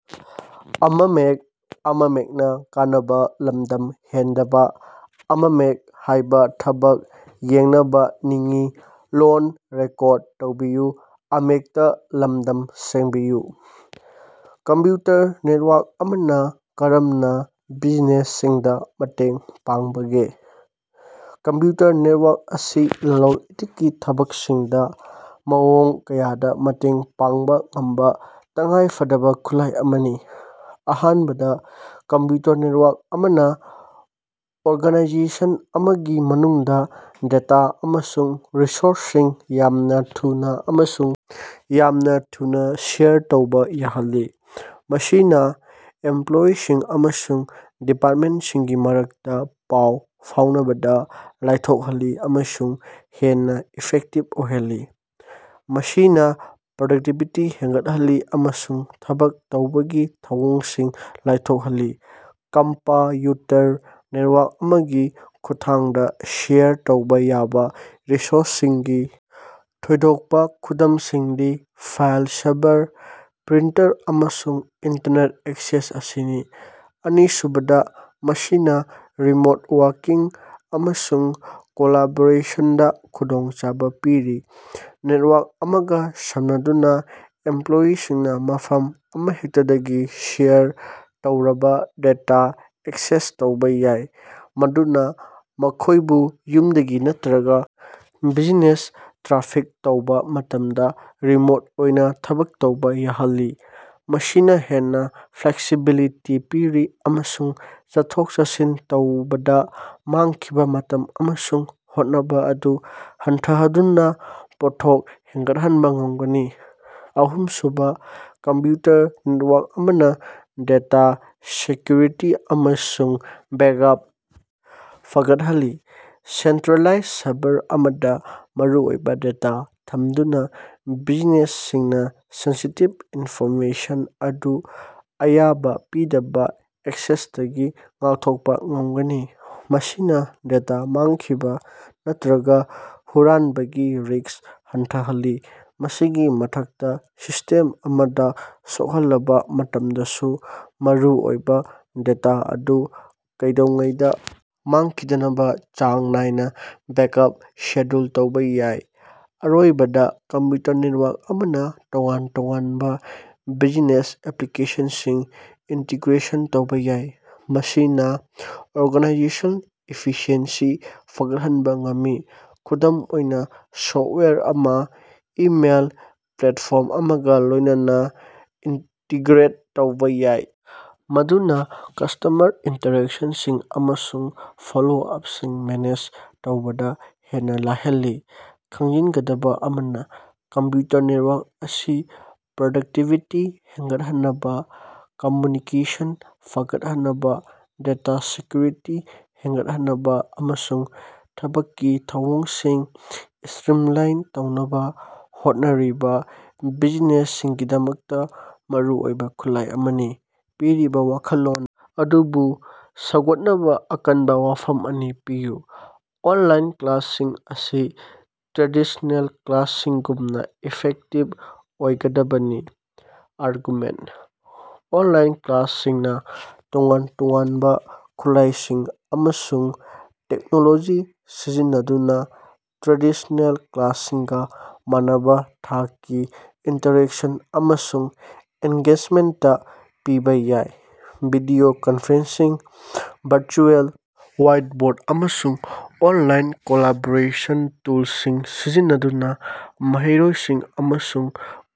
Computer network ꯑꯃꯅꯥ ꯀꯔꯝꯅꯥ ꯕꯤꯖꯤꯅꯦꯁꯁꯤꯡꯗꯥ ꯃꯇꯦꯡ ꯄꯥꯡꯕꯒꯦ? ꯀꯝꯄ꯭ꯌꯨꯇꯔ ꯅꯦꯠꯋꯥ꯭ꯔꯛ ꯑꯁꯤ ꯂꯂꯣꯟ-ꯏꯇꯤꯛꯀꯤ ꯊꯕꯛꯁꯤꯡꯗꯥ ꯃꯑꯣꯡ ꯀꯌꯥꯗꯥ ꯃꯇꯦꯡ ꯄꯥꯡꯕꯥ ꯉꯝꯕꯥ ꯇꯉꯥꯏꯐꯗꯕꯥ ꯈꯨꯠꯂꯥꯏ ꯑꯃꯅꯤ꯫ ꯑꯍꯥꯟꯕꯗꯥ, ꯀꯝꯄ꯭ꯌꯨꯇꯔ ꯅꯦꯠꯋꯥ꯭ꯔꯛ ꯑꯃꯅꯥ ꯑꯣꯔꯒꯥꯅꯥꯏꯖꯦꯁꯟ ꯑꯃꯒꯤ ꯃꯅꯨꯡꯗꯥ ꯗꯦꯇꯥ ꯑꯃꯁꯨꯡ ꯔꯤꯁꯣꯔꯁꯁꯤꯡ ꯌꯥꯝꯅꯥ ꯊꯨꯅꯥ ꯑꯃꯁꯨꯡ ꯌꯥꯝꯅꯥ ꯊꯨꯅꯥ ꯁꯤꯌꯔ ꯇꯧꯕꯥ ꯌꯥꯍꯜꯂꯤ꯫ ꯃꯁꯤꯅꯥ ꯏꯝꯄ꯭ꯂꯣꯌꯤꯁꯤꯡ ꯑꯃꯁꯨꯡ ꯗꯤꯄꯥꯔꯠꯃꯦꯟꯁꯤꯡꯒꯤ ꯃꯔꯛꯇꯥ ꯄꯥꯎ ꯐꯥꯎꯅꯕꯗꯥ ꯂꯥꯏꯊꯣꯛꯍꯜꯂꯤ ꯑꯃꯁꯨꯡ ꯍꯦꯟꯅꯥ ꯏꯐꯦꯛꯇꯤꯕ ꯑꯣꯏꯍꯜꯂꯤ, ꯃꯁꯤꯅꯥ ꯄ꯭ꯔꯗꯛꯇꯤꯕꯤꯇꯤ ꯍꯦꯟꯒꯠꯍꯜꯂꯤ ꯑꯃꯁꯨꯡ ꯊꯕꯛ ꯇꯧꯕꯒꯤ ꯊꯧꯑꯣꯡꯁꯤꯡ ꯂꯥꯏꯊꯣꯛꯍꯜꯂꯤ꯫ ꯀꯝꯄ꯭ꯌꯨꯇꯔ ꯅꯦꯠꯋꯥ꯭ꯔꯛ ꯑꯃꯒꯤ ꯈꯨꯠꯊꯥꯡꯗꯥ ꯁꯤꯌꯔ ꯇꯧꯕꯥ ꯌꯥꯕꯥ ꯔꯤꯁꯣꯔꯁꯁꯤꯡꯒꯤ ꯊꯣꯏꯗꯣꯛꯄꯥ ꯈꯨꯗꯝꯁꯤꯡꯗꯤ ꯐꯥꯏꯜ ꯁꯔꯚꯔ, ꯄ꯭ꯔꯤꯟꯇꯔ, ꯑꯃꯁꯨꯡ ꯏꯟꯇꯔꯅꯦꯠ ꯑꯦꯛꯁꯦꯁ ꯑꯁꯤꯅꯤ꯫ ꯑꯅꯤꯁꯨꯕꯗꯥ, ꯃꯁꯤꯅꯥ ꯔꯤꯃꯣꯠ ꯋꯥꯔꯀꯤꯡ ꯑꯃꯁꯨꯡ ꯀꯣꯂꯥꯕꯣꯔꯦꯁꯟꯗꯥ ꯈꯨꯗꯣꯡꯆꯥꯕꯥ ꯄꯤꯔꯤ꯫ ꯅꯦꯠꯋꯥ꯭ꯔꯛ ꯑꯃꯒꯥ ꯁꯝꯅꯗꯨꯅꯥ, ꯏꯝꯄ꯭ꯂꯣꯌꯤꯁꯤꯡꯅꯥ ꯃꯐꯝ ꯑꯃꯍꯦꯛꯇꯗꯒꯤ ꯁꯤꯌꯔ ꯇꯧꯔꯕꯥ ꯗꯦꯇꯥ ꯑꯦꯛꯁꯦꯁ ꯇꯧꯕꯥ ꯌꯥꯏ, ꯃꯗꯨꯅꯥ ꯃꯈꯣꯏꯕꯨ ꯌꯨꯝꯗꯒꯤ ꯅꯠꯇ꯭ꯔꯒꯥ ꯕꯤꯖꯤꯅꯦꯁ ꯇ꯭ꯔꯥꯐꯤꯛ ꯇꯧꯕꯥ ꯃꯇꯝꯗꯥ ꯔꯤꯃꯣꯠ ꯑꯣꯏꯅꯥ ꯊꯕꯛ ꯇꯧꯕꯥ ꯌꯥꯍꯜꯂꯤ꯫ ꯃꯁꯤꯅꯥ ꯍꯦꯟꯅꯥ ꯐ꯭ꯂꯦꯛꯁꯤꯕꯤꯂꯤꯇꯤ ꯄꯤꯔꯤ ꯑꯃꯁꯨꯡ ꯆꯠꯊꯣꯛ-ꯆꯠꯁꯤꯟ ꯇꯧꯕꯗꯥ ꯃꯥꯡꯈꯤꯕꯥ ꯃꯇꯝ ꯑꯃꯁꯨꯡ ꯍꯣꯠꯅꯕꯥ ꯑꯗꯨ ꯍꯟꯊꯍꯟꯗꯨꯅꯥ ꯄꯣꯠꯊꯣꯛ ꯍꯦꯟꯒꯠꯍꯟꯕꯥ ꯉꯝꯒꯅꯤ꯫ ꯑꯍꯨꯝꯁꯨꯕꯥ, ꯀꯝꯄ꯭ꯌꯨꯇꯔ ꯅꯦꯠꯋꯥ꯭ꯔꯛ ꯑꯃꯅꯥ ꯗꯦꯇꯥ ꯁꯦꯀ꯭ꯌꯨꯔꯤꯇꯤ ꯑꯃꯁꯨꯡ ꯕꯦꯛꯑꯞ ꯐꯒꯠꯍꯜꯂꯤ꯫ ꯁꯦꯟꯇ꯭ꯔꯦꯂꯥꯏꯖ ꯁꯔꯚꯔ ꯑꯃꯗꯥ ꯃꯔꯨꯑꯣꯏꯕꯥ ꯗꯦꯇꯥ ꯊꯝꯗꯨꯅꯥ, ꯕꯤꯖꯤꯅꯦꯁꯁꯤꯡꯅꯥ ꯁꯦꯟꯁꯤꯇꯤꯚ ꯏꯟꯐꯣꯔꯃꯦꯁꯟ ꯑꯗꯨ ꯑꯌꯥꯕꯥ ꯄꯤꯗꯕꯥ ꯑꯦꯛꯁꯦꯁꯇꯒꯤ ꯉꯥꯛꯊꯣꯛꯄꯥ ꯉꯝꯒꯅꯤ꯫ ꯃꯁꯤꯅꯥ ꯗꯦꯇꯥ ꯃꯥꯡꯈꯤꯕꯥ ꯅꯠꯇ꯭ꯔꯒꯥ ꯍꯨꯔꯥꯟꯕꯒꯤ ꯔꯤꯁ꯭ꯛ ꯍꯟꯊꯍꯜꯂꯤ꯫ ꯃꯁꯤꯒꯤ ꯃꯊꯛꯇꯥ, ꯁꯤꯁꯇꯦꯝ ꯑꯃꯗꯥ ꯁꯣꯛꯍꯜꯂꯕꯥ ꯃꯇꯝꯗꯁꯨ ꯃꯔꯨꯑꯣꯏꯕꯥ ꯗꯦꯇꯥ ꯑꯗꯨ ꯀꯩꯗꯧꯉꯩꯗꯥ ꯃꯥꯡꯈꯤꯗꯅꯕꯥ ꯆꯥꯡ ꯅꯥꯏꯅꯥ ꯕꯦꯛꯑꯞꯁꯤꯡ ꯁꯦꯗ꯭ꯌꯨꯜ ꯇꯧꯕꯥ ꯌꯥꯏ꯫ ꯑꯔꯣꯏꯕꯗꯥ, ꯀꯝꯄ꯭ꯌꯨꯇꯔ ꯅꯦꯠꯋꯥ꯭ꯔꯛ ꯑꯃꯅꯥ ꯇꯣꯉꯥꯟ-ꯇꯣꯉꯥꯟꯕꯥ ꯕꯤꯖꯅꯦꯁ ꯑꯦꯄ꯭ꯂꯤꯀꯦꯁꯟꯁꯤꯡ ꯏꯟꯇꯤꯒ꯭ꯔꯦꯁꯟ ꯇꯧꯕꯥ ꯌꯥꯏ, ꯃꯁꯤꯅꯥ ꯑꯣꯔꯒꯥꯅꯥꯏꯖꯦꯁꯅꯦꯜ ꯏꯐꯤꯁꯤꯑꯦꯟꯁꯤ ꯐꯒꯠꯍꯟꯕꯥ ꯉꯝꯃꯤ꯫ ꯈꯨꯗꯝ ꯑꯣꯏꯅꯥ, ꯁꯣꯐꯋꯦꯌꯔ ꯑꯃꯥ ꯏꯃꯦꯜ ꯄ꯭ꯂꯦꯠꯐꯣꯔꯝ ꯑꯃꯒꯥ ꯂꯣꯏꯅꯅꯥ ꯏꯟꯇꯤꯒ꯭ꯔꯦꯠ ꯇꯧꯕꯥ ꯌꯥꯏ, ꯃꯗꯨꯅꯥ ꯀꯁꯇꯃꯔ ꯏꯟꯇꯔꯦꯛꯁꯟꯁꯤꯡ ꯑꯃꯁꯨꯡ ꯐꯣꯂꯣ-ꯑꯞꯁꯤꯡ ꯃꯦꯅꯦꯖ ꯇꯧꯕꯗꯥ ꯍꯦꯟꯅꯥ ꯂꯥꯏꯍꯜꯂꯤ꯫ ꯈꯪꯖꯤꯟꯒꯗꯕꯥ ꯑꯃꯅꯥ, ꯀꯝꯄ꯭ꯌꯨꯇꯔ ꯅꯦꯠꯋꯥ꯭ꯔꯛ ꯑꯁꯤ ꯄ꯭ꯔꯗꯛꯇꯤꯚꯤꯇꯤ ꯍꯦꯟꯒꯠꯍꯟꯅꯕꯥ, ꯀꯝꯃ꯭ꯌꯨꯅꯤꯀꯦꯁꯟ ꯐꯒꯠꯍꯟꯅꯕꯥ, ꯗꯦꯇꯥ ꯁꯦꯀ꯭ꯌꯨꯔꯤꯇꯤ ꯍꯦꯟꯒꯠꯍꯟꯅꯕꯥ ꯑꯃꯁꯨꯡ ꯊꯕꯛꯀꯤ ꯊꯧꯑꯣꯡꯁꯤꯡ ꯁꯇ꯭ꯔꯤꯝꯂꯥꯏꯟ ꯇꯧꯅꯕꯥ ꯍꯣꯠꯅꯔꯤꯕꯥ ꯕꯤꯖꯤꯅꯦꯁꯁꯤꯡꯒꯤꯗꯃꯛꯇꯥ ꯃꯔꯨꯑꯣꯏꯕꯥ ꯈꯨꯠꯂꯥꯏ ꯑꯃꯅꯤ꯫ ꯄꯤꯔꯤꯕꯥ ꯋꯥꯈꯜꯂꯣꯟ ꯑꯗꯨꯕꯨ ꯁꯧꯒꯠꯅꯕꯥ ꯑꯀꯟꯕꯥ ꯋꯥꯐꯝ ꯑꯅꯤ ꯄꯤꯌꯨ꯫ ꯑꯣꯅꯂꯥꯏꯟ ꯀ꯭ꯂꯥꯁꯁꯤꯡ ꯑꯁꯤ ꯇ꯭ꯔꯦꯗꯤꯁꯅꯦꯜ ꯀ꯭ꯂꯥꯁꯁꯤꯡꯒꯨꯝꯅꯥ ꯏꯐꯦꯛꯇꯤꯕ ꯑꯣꯏꯒꯗꯕꯅꯤ꯫ ꯑꯥꯔꯒꯨꯃꯦꯟꯇ: ꯑꯣꯟꯂꯥꯏꯟ ꯀ꯭ꯂꯥꯁꯁꯤꯡꯅꯥ ꯇꯣꯉꯥꯟ-ꯇꯣꯉꯥꯟꯕꯥ ꯈꯨꯠꯂꯥꯏꯁꯤꯡ ꯑꯃꯁꯨꯡ ꯇꯦꯛꯅꯣꯂꯣꯖꯤ ꯁꯤꯖꯤꯟꯅꯗꯨꯅꯥ ꯇ꯭ꯔꯦꯗꯤꯁꯅꯦꯜ ꯀ꯭ꯂꯥꯁꯁꯤꯡꯒꯥ ꯃꯥꯟꯅꯕꯥ ꯊꯥꯛꯀꯤ ꯏꯟꯇꯔꯦꯛꯁꯟ ꯑꯃꯁꯨꯡ ꯑꯦꯡꯒꯦꯖꯃꯦꯟꯇ ꯄꯤꯕꯥ ꯌꯥꯏ꯫ ꯚꯤꯗꯤꯑꯣ ꯀꯟꯐꯔꯦꯟꯁꯁꯤꯡ, ꯚꯔꯆꯨꯑꯦꯜ ꯋꯥꯏꯠꯕꯣꯔꯗ, ꯑꯃꯁꯨꯡ ꯑꯣꯟꯂꯥꯏꯟ ꯀꯣꯂꯥꯕꯣꯔꯦꯁꯟ ꯇꯨꯜꯁꯤꯡ ꯁꯤꯖꯤꯟꯅꯗꯨꯅꯥ ꯃꯍꯩꯔꯣꯏꯁꯤꯡ ꯑꯃꯁꯨꯡ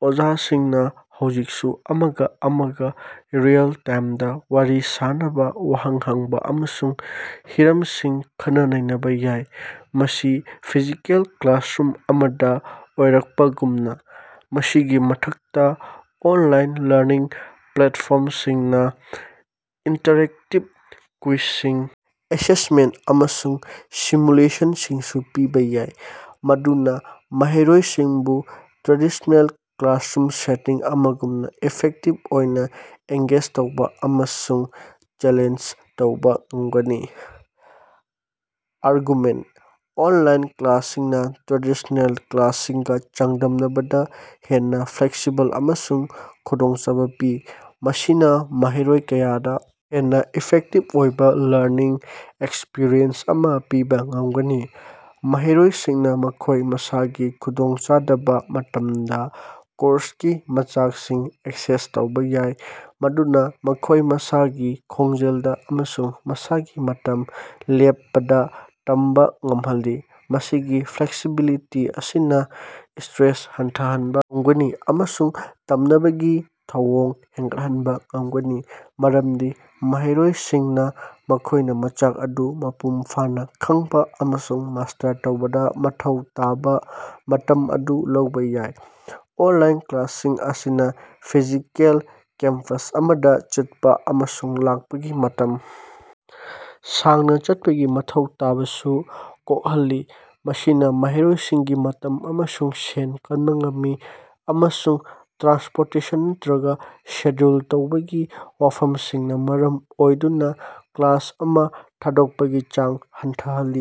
ꯑꯣꯖꯥꯁꯤꯡꯅꯥ ꯍꯧꯖꯤꯛꯁꯨ ꯑꯃꯒꯥ ꯑꯃꯒꯥ ꯔꯤꯌꯦꯜ-ꯇꯥꯏꯝꯗꯥ ꯋꯥꯔꯤ ꯁꯥꯅꯕꯥ, ꯋꯥꯍꯪ ꯍꯪꯕꯥ ꯑꯃꯁꯨꯡ ꯍꯤꯔꯝꯁꯤꯡ ꯈꯟꯅ-ꯅꯩꯅꯕꯥ ꯌꯥꯏ, ꯃꯁꯤ ꯐꯤꯖꯤꯀꯦꯜ ꯀ꯭ꯂꯥꯁꯔꯨꯝ ꯑꯃꯗꯥ ꯑꯣꯏꯔꯛꯄꯒꯨꯝꯅꯥ꯫ ꯃꯁꯤꯒꯤ ꯃꯊꯛꯇꯥ, ꯑꯣꯟꯂꯥꯏꯟ ꯂꯔꯅꯤꯡ ꯄ꯭ꯂꯦꯠꯐꯣꯔꯝꯁꯤꯡꯅꯥ ꯏꯟꯇꯔꯦꯛꯇꯤꯕ ꯀ꯭ꯋꯤꯖꯁꯤꯡ, ꯑꯦꯁꯦꯁꯃꯦꯟꯠ, ꯑꯃꯁꯨꯡ ꯁꯤꯃꯨꯂꯦꯁꯟꯁꯤꯡꯁꯨ ꯄꯤꯕꯥ ꯌꯥꯏ ꯃꯗꯨꯅꯥ ꯃꯍꯩꯔꯣꯏꯁꯤꯡꯕꯨ ꯇ꯭ꯔꯦꯗꯤꯁꯅꯦꯜ ꯀ꯭ꯂꯥꯁꯔꯨꯝ ꯁꯦꯇꯤꯡ ꯑꯃꯒꯨꯝꯅꯥ ꯏꯐꯦꯛꯇꯤꯕ ꯑꯣꯏꯅꯥ ꯑꯦꯡꯒꯦꯖ ꯇꯧꯕꯥ ꯑꯃꯁꯨꯡ ꯆꯦꯂꯦꯟꯖ ꯇꯧꯕꯥ ꯉꯝꯒꯅꯤ꯫ ꯑꯥꯔꯒꯨꯃꯦꯟ: ꯑꯣꯟꯂꯥꯏꯟ ꯀ꯭ꯂꯥꯁꯁꯤꯡꯅꯥ ꯇ꯭ꯔꯦꯗꯤꯁꯅꯦꯜ ꯀ꯭ꯂꯥꯁꯁꯤꯡꯒꯥ ꯆꯥꯡꯗꯝꯅꯕꯗꯥ ꯍꯦꯟꯅꯥ ꯐ꯭ꯂꯦꯛꯁꯤꯕꯜ ꯑꯃꯁꯨꯡ ꯈꯨꯗꯣꯡꯆꯥꯕꯥ ꯄꯤ, ꯃꯁꯤꯅꯥ ꯃꯍꯩꯔꯣꯏ ꯀꯌꯥꯗꯥ ꯍꯦꯟꯅꯥ ꯏꯐꯦꯛꯇꯤꯚ ꯑꯣꯏꯕꯥ ꯂꯔꯅꯤꯡ ꯑꯦꯛꯁꯄꯤꯔꯤꯑꯦꯟꯁ ꯑꯃꯥ ꯄꯤꯕꯥ ꯉꯝꯒꯅꯤ꯫ ꯃꯍꯩꯔꯣꯏꯁꯤꯡꯅꯥ ꯃꯈꯣꯏ ꯃꯁꯥꯒꯤ ꯈꯨꯗꯣꯡꯆꯥꯗꯕꯥ ꯃꯇꯝꯗꯥ ꯀꯣꯔꯁꯀꯤ ꯃꯆꯥꯛꯁꯤꯡ ꯑꯦꯛꯁꯦꯁ ꯇꯧꯕꯥ ꯌꯥꯏ, ꯃꯗꯨꯅꯥ ꯃꯈꯣꯏ ꯃꯁꯥꯒꯤ ꯈꯣꯡꯖꯦꯜꯗꯥ ꯑꯃꯁꯨꯡ ꯃꯁꯥꯒꯤ ꯃꯇꯝ ꯂꯦꯞꯄꯗꯥ ꯇꯝꯕꯥ ꯉꯝꯍꯜꯂꯤ꯫ ꯃꯁꯤꯒꯤ ꯐ꯭ꯂꯦꯛꯁꯤꯕꯤꯂꯤꯇꯤ ꯑꯁꯤꯅꯥ ꯁꯇ꯭ꯔꯦꯁ ꯍꯟꯊꯍꯟꯕꯥ ꯉꯝꯒꯅꯤ ꯑꯃꯁꯨꯡ ꯇꯝꯅꯕꯒꯤ ꯊꯧꯑꯣꯡ ꯍꯦꯟꯒꯠꯍꯟꯕꯥ ꯉꯝꯒꯅꯤ, ꯃꯔꯝꯗꯤ ꯃꯍꯩꯔꯣꯏꯁꯤꯡꯅꯥ ꯃꯈꯣꯏꯅꯥ ꯃꯆꯥꯛ ꯑꯗꯨ ꯃꯄꯨꯡ ꯐꯥꯅꯥ ꯈꯪꯕꯥ ꯑꯃꯁꯨꯡ ꯃꯥꯁꯇꯔ ꯇꯧꯕꯗꯥ ꯃꯊꯧ ꯇꯥꯕꯥ ꯃꯇꯝ ꯑꯗꯨ ꯂꯧꯕꯥ ꯌꯥꯏ꯫ ꯑꯣꯟꯂꯥꯏꯟ ꯀ꯭ꯂꯥꯁꯁꯤꯡ ꯑꯁꯤꯅꯥ ꯐꯤꯖꯤꯀꯦꯜ ꯀꯦꯝꯄꯁ ꯑꯃꯗꯥ ꯆꯠꯄꯥ ꯑꯃꯁꯨꯡ ꯂꯥꯛꯄꯒꯤ ꯃꯇꯝ ꯁꯥꯡꯅꯥ ꯆꯠꯄꯒꯤ ꯃꯊꯧ ꯇꯥꯕꯁꯨ ꯀꯣꯛꯍꯜꯂꯤ, ꯃꯁꯤꯅꯥ ꯃꯍꯩꯔꯣꯏꯁꯤꯡꯒꯤ ꯃꯇꯝ ꯑꯃꯁꯨꯡ ꯁꯦꯟ ꯀꯟꯕꯥ ꯉꯝꯃꯤ, ꯑꯃꯁꯨꯡ ꯇ꯭ꯔꯥꯟꯁꯄꯣꯔꯇꯦꯁꯟ ꯅꯠꯇ꯭ꯔꯒꯥ ꯁꯦꯗ꯭ꯌꯨꯜ ꯇꯧꯕꯒꯤ ꯋꯥꯐꯝꯁꯤꯡꯅꯥ ꯃꯔꯝ ꯑꯣꯏꯗꯨꯅꯥ ꯀ꯭ꯂꯥꯁ ꯑꯃꯥ ꯊꯥꯗꯣꯛꯄꯒꯤ ꯆꯥꯡ ꯍꯟꯊꯍꯜꯂꯤ꯫